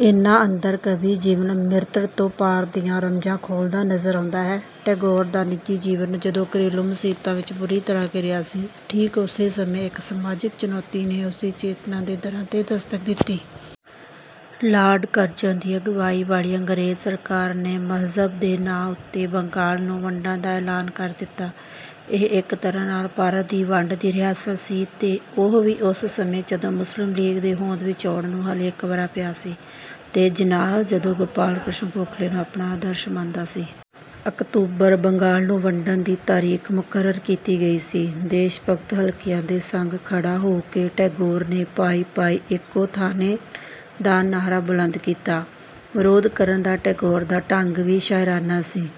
ਇਨ੍ਹਾ ਅੰਦਰ ਕਵੀ ਜੀਵਨ-ਮ੍ਰਿਤੂ ਤੋਂ ਪਾਰ ਦੀਆਂ ਰਮਜਾਂ ਖੋਲਦਾ ਨਜ਼ਰ ਆਉਂਦਾ ਹੈ। ਟੈਗੋਰ ਦਾ ਨਿਜੀ ਜੀਵਨ ਜਦੋਂ ਘਰੇਲੂ ਮੁਸੀਬਤਾਂ ਵਿੱਚ ਬੁਰੀ ਤਰ੍ਹਾ ਘਿਰਿਆ ਸੀ, ਠੀਕ ਉਸੇ ਸਮੇਂ ਇੱਕ ਸਮਾਜਿਕ ਚੁਣੌਤੀ ਨੇ ਉਸਦੀ ਚੇਤਨਾ ਦੇ ਦਰਾਂ 'ਤੇ ਦਸਤਕ ਦਿੱਤੀ। ਲ਼ਾਰਡ ਕਰਜ਼ਨ ਦੀ ਅਗਵਾਈ ਵਾਲੀ ਅੰਗਰੇਜ਼ ਸਰਕਾਰ ਨੇ ਮਜ਼ਹਬ ਦੇ ਨਾਂ ਉੱਤੇ ਬੰਗਾਲ ਨੂੰ ਵੰਡਣ ਦਾ ਐਲਾਨ ਕਰ ਦਿੱਤਾ। ਇਹ ਇੱਕ ਤਰ੍ਹਾਂ ਨਾਲ ਭਾਰਤ ਦੀ ਵੰਡ ਦੀ ਰਿਹਰਸਲ ਸੀ ਤੇ ਉਹ ਵੀ ਉਸ ਸਮੇਂ ਜਦੋਂ ਮੁਸਲਿਮ ਲੀਗ ਦੇ ਹੋਂਦ ਵਿੱਚ ਆਉਣ ਨੂੰ ਹਾਲੇ ਇੱਕ ਵਰ੍ਹਾ ਪਿਆ ਸੀ, ਤੇ ਜਿਨਾਹ ਜਦੋਂ ਗੋਪਾਲ ਕ੍ਰਿਸ਼ਣ ਗੋਖਲੇ ਨੂੰ ਆਪਣਾ ਆਦਰਸ਼ ਮੰਨਦਾ ਸੀ। ਅਕਤੂਬਰ ਬੰਗਾਲ ਨੂੰ ਵੰਡਣ ਦੀ ਤਾਰੀਖ ਮੁਕਰਰ ਕੀਤੀ ਗਈ ਸੀ। ਦੇਸ਼ਭਗਤ ਹਲਕਿਆਂ ਦੇ ਸੰਗ ਖੜਾ ਹੋ ਕੇ ਟੈਗੋਰ ਨੇ "ਭਾਈ-ਭਾਈ ਏਕੋ ਥਾਣੇਨ" ਦਾ ਨਾਹਰਾ ਬੁਲੰਦ ਕੀਤਾ। ਵਿਰੋਧ ਕਰਨ ਦਾ ਟੈਗੋਰ ਦਾ ਢੰਗ ਵੀ ਸ਼ਾਇਰਾਨਾ ਸੀ,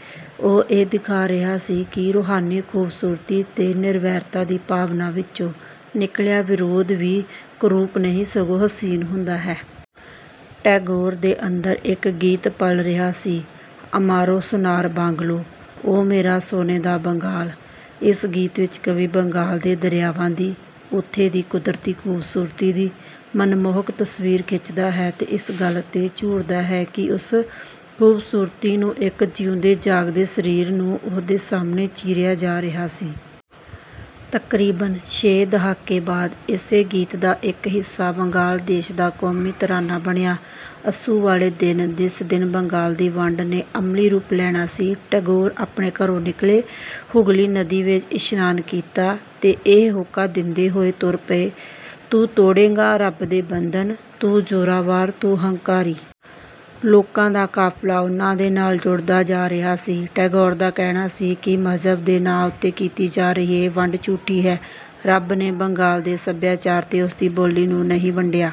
ਉਹ ਇਹ ਦਿਖਾ ਰਿਹਾ ਸੀ ਕਿ ਰੂਹਾਨੀ ਖੂਬਸੂਰਤੀ ਤੇ ਨਿਰਵੈਰਤਾ ਦੀ ਭਾਵਨਾ ਵਿੱਚੋਂ ਨਿਕਲਿਆ ਵਿਰੋਧ ਵੀ ਕੁਰੂਪ ਨਹੀਂ ਸਗੋਂ ਹਸੀਨ ਹੁੰਦਾ ਹੈ। ਟੈਗੋਰ ਦੇ ਅੰਦਰ ਇੱਕ ਗੀਤ ਪਲ ਰਿਹਾ ਸੀ, "ਅਮਾਰੋ ਸੋਨਾਰ ਬਾਂਗਲੋ"—ਓ ਮੇਰਾ ਸੋਨੇ ਦਾ ਬੰਗਾਲ। ਇਸ ਗੀਤ ਵਿੱਚ ਕਵੀ ਬੰਗਾਲ ਦੇ ਦਰਿਆਵਾਂ ਦੀ, ਉੱਥੇ ਦੀ ਕੁਦਰਤੀ ਖੂਬਸੂਰਤੀ ਦੀ ਮਨਮੋਹਕ ਤਸਵੀਰ ਖਿੱਚਦਾ ਹੈ ਤੇ ਇਸ ਗੱਲ 'ਤੇ ਝੂਰਦਾ ਹੈ ਕਿ ਉਸ ਖੂਬਸੂਰਤੀ ਨੂੰ ਇੱਕ ਜਿਉਂਦੇ-ਜਾਗਦੇ ਸ਼ਰੀਰ ਨੂੰ ਉਸਦੇ ਸਾਹਮਣੇ ਚੀਰਿਆ ਜਾ ਰਿਹਾ ਸੀ। ਤਕਰੀਬਨ ਛੇ ਦਹਾਕੇ ਬਾਦ ਇਸੇ ਗੀਤ ਦਾ ਇੱਕ ਹਿੱਸਾ ਬੰਗਲਾ ਦੇਸ਼ ਦਾ ਕੌਮੀ ਤਰਾਨਾ ਬਣਿਆ। ਅੱਸੂ ਵਾਲੇ ਦਿਨ ਜਿਸ ਦਿਨ ਬੰਗਾਲ ਦੀ ਵੰਡ ਨੇ ਅਮਲੀ ਰੂਪ ਲੈਣਾ ਸੀ, ਟੈਗੋਰ ਆਪਣੇ ਘਰੋਂ ਨਿਕਲੇ, ਹੁਗਲੀ ਨਦੀ ਵਿੱਚ ਇਸਨਾਨ ਕੀਤਾ ਤੇ ਇਹ ਹੋਕਾ ਦਿੰਦੇ ਹੋਏ ਤੁਰ ਪਏ, "ਤੂੰ ਤੋੜੇਂਗਾ ਰੱਬ ਦੇ ਬੰਧਨ, ਤੂੰ ਜ਼ੋਰਾਵਰ ਤੂੰ ਹੰਕਾਰੀ...। " ਲੋਕਾਂ ਦਾ ਕਾਫ਼ਿਲਾ ਉਨ੍ਹਾ ਦੇ ਨਾਲ ਜੁੜਦਾ ਜਾ ਰਿਹਾ ਸੀ। ਟੈਗੋਰ ਦਾ ਕਹਿਣਾ ਸੀ ਕਿ ਮਜ਼ਹਬ ਦੇ ਨਾਂ ਉੱਤੇ ਕੀਤੀ ਜਾ ਰਹੀ ਇਹ ਵੰਡ ਝੂਠੀ ਹੈ, ਰੱਬ ਨੇ ਬੰਗਾਲ ਦੇ ਸਭਿਆਚਾਰ ਤੇ ਉਸਦੀ ਬੋਲੀ ਨੂੰ ਨਹੀਂ ਵੰਡਿਆ।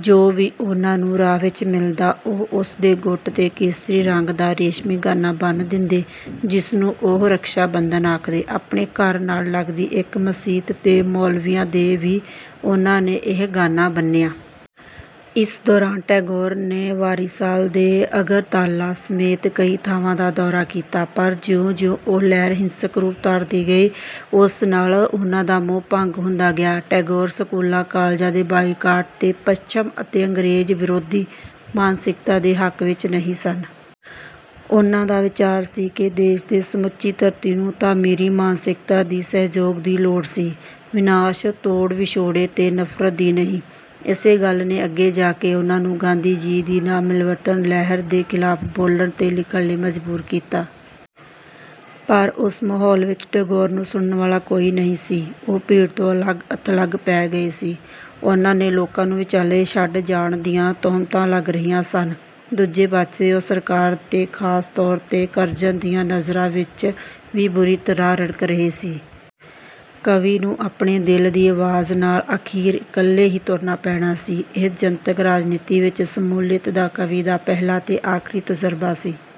ਜੋ ਵੀ ਉਨ੍ਹਾ ਨੂੰ ਰਾਹ ਵਿੱਚ ਮਿਲਦਾ ਉਹ ਉਸਦੇ ਗੁੱਟ ਤੇ ਕੇਸਰੀ ਰੰਗ ਦਾ ਰੇਸ਼ਮੀ ਗਾਨਾਂ ਬੰਨ ਦਿੰਦੇ, ਜਿਸਨੂੰ ਉਹ "ਰਖਸ਼ਾ-ਬੰਧਨ" ਆਖਦੇ। ਆਪਣੇ ਘਰ ਨਾਲ ਲਗਦੀ ਇੱਕ ਮਸੀਤ ਦੇ ਮੌਲਵੀਆਂ ਦੇ ਵੀ ਉਨ੍ਹਾ ਨੇ ਇਹ ਗਾੰਨਾ ਬੰਨਿਆ। ਇਸ ਦੌਰਾਨ ਟੈਗੋਰ ਨੇ ਵਾਰੀਸਾਲ ਤੇ ਅਗਰਤਾਲਾ ਸਮੇਤ ਕਈ ਥਾਵਾਂ ਦਾ ਦੌਰਾ ਕੀਤਾ ਪਰ ਜਿਉਂ-ਜਿਉਂ ਉਹ ਲਹਿਰ ਹਿੰਸਕ ਰੂਪ ਧਾਰਦੀ ਗਈ, ਉਸ ਨਾਲ ਉਨ੍ਹਾ ਦਾ ਮੋਹ ਭੰਗ ਹੁੰਦਾ ਗਿਆ। ਟੈਗੋਰ ਸਕੂਲਾ-ਕਾਲਜਾਂ ਦੇ ਬਾਈਕਾਟ ਤੇ ਪੱਛਮ ਅਤੇ ਅੰਗਰੇਜ਼ ਵਿਰੋਧੀ ਮਾਨਸਿਕਤਾ ਦੇ ਹੱਕ ਵਿੱਚ ਨਹੀਂ ਸਨ। ਉਨ੍ਹਾ ਦਾ ਵਿਚਾਰ ਸੀ ਕਿ ਦੇਸ਼ ਅਤੇ ਸਮੁੱਚੀ ਧਰਤੀ ਨੂੰ ਤਾਮੀਰੀ ਮਾਨਸਿਕਤਾ ਦੀ ਸਹਿਯੋਗ ਦੀ ਲੋੜ ਸੀ, ਵਿਨਾਸ਼, ਤੋੜ-ਵਿਛੋੜੇ ਤੇ ਨਫ਼ਰਤ ਦੀ ਨਹੀਂ। ਇਸੇ ਗੱਲ ਨੇ ਅੱਗੇ ਜਾ ਕੇ ਉਨ੍ਹਾ ਨੂੰ ਗਾਂਧੀ ਜੀ ਦੀ ਨਾ-ਮਿਲਵਰਤਣ ਲਹਿਰ ਦੇ ਖਿਲਾਫ਼ ਬੋਲਣ ਤੇ ਲਿਖਣ ਲਈ ਮਜਬੂਰ ਕੀਤਾ ਸੀ। ਪਰ ਉਸ ਮਹੌਲ ਵਿੱਚ ਟੈਗੋਰ ਨੂੰ ਸੁਣਨ ਵਾਲਾ ਕੋਈ ਨਹੀਂ ਸੀ। ਉਹ ਭੀੜ ਤੋਂ ਅਲਗ-ਥਲਗ ਪੈ ਗਏ ਸੀ, ਉਨ੍ਹਾ 'ਤੇ ਲੋਕਾਂ ਨੂੰ ਵਿਚਾਲੇ ਛੱਡ ਜਾਣ ਦੀਆਂ ਤੋਹਮਤਾਂ ਲਗ ਰਹੀਆਂ ਸਨ। ਦੂਜੇ ਪਾਸੇ ਉਹ ਸਰਕਾਰ ਤੇ ਖਾਸ ਤੌਰ 'ਤੇ ਕਰਜ਼ਨ ਦੀਆਂ ਨਜ਼ਰਾਂ ਵਿੱਚ ਵੀ ਬੁਰੀ ਤਰ੍ਹਾਂ ਰੜਕ ਰਹੇ ਸੀ। ਕਵੀ ਨੂੰ ਆਪਣੇ ਦਿਲ ਦੀ ਆਵਾਜ਼ ਨਾਲ ਆਖਿਰ ਇੱਕਲੇ ਹੀ ਤੁਰਨਾ ਪੈਣਾ ਸੀ। ਇਹ ਜਨਤਕ ਰਾਜਨੀਤੀ ਵਿੱਚ ਸ਼ਮੂਲੀਅਤ ਦਾ ਕਵੀ ਦਾ ਪਹਿਲਾ ਤੇ ਆਖਰੀ ਤਜ਼ੁਰਬਾ ਸੀ।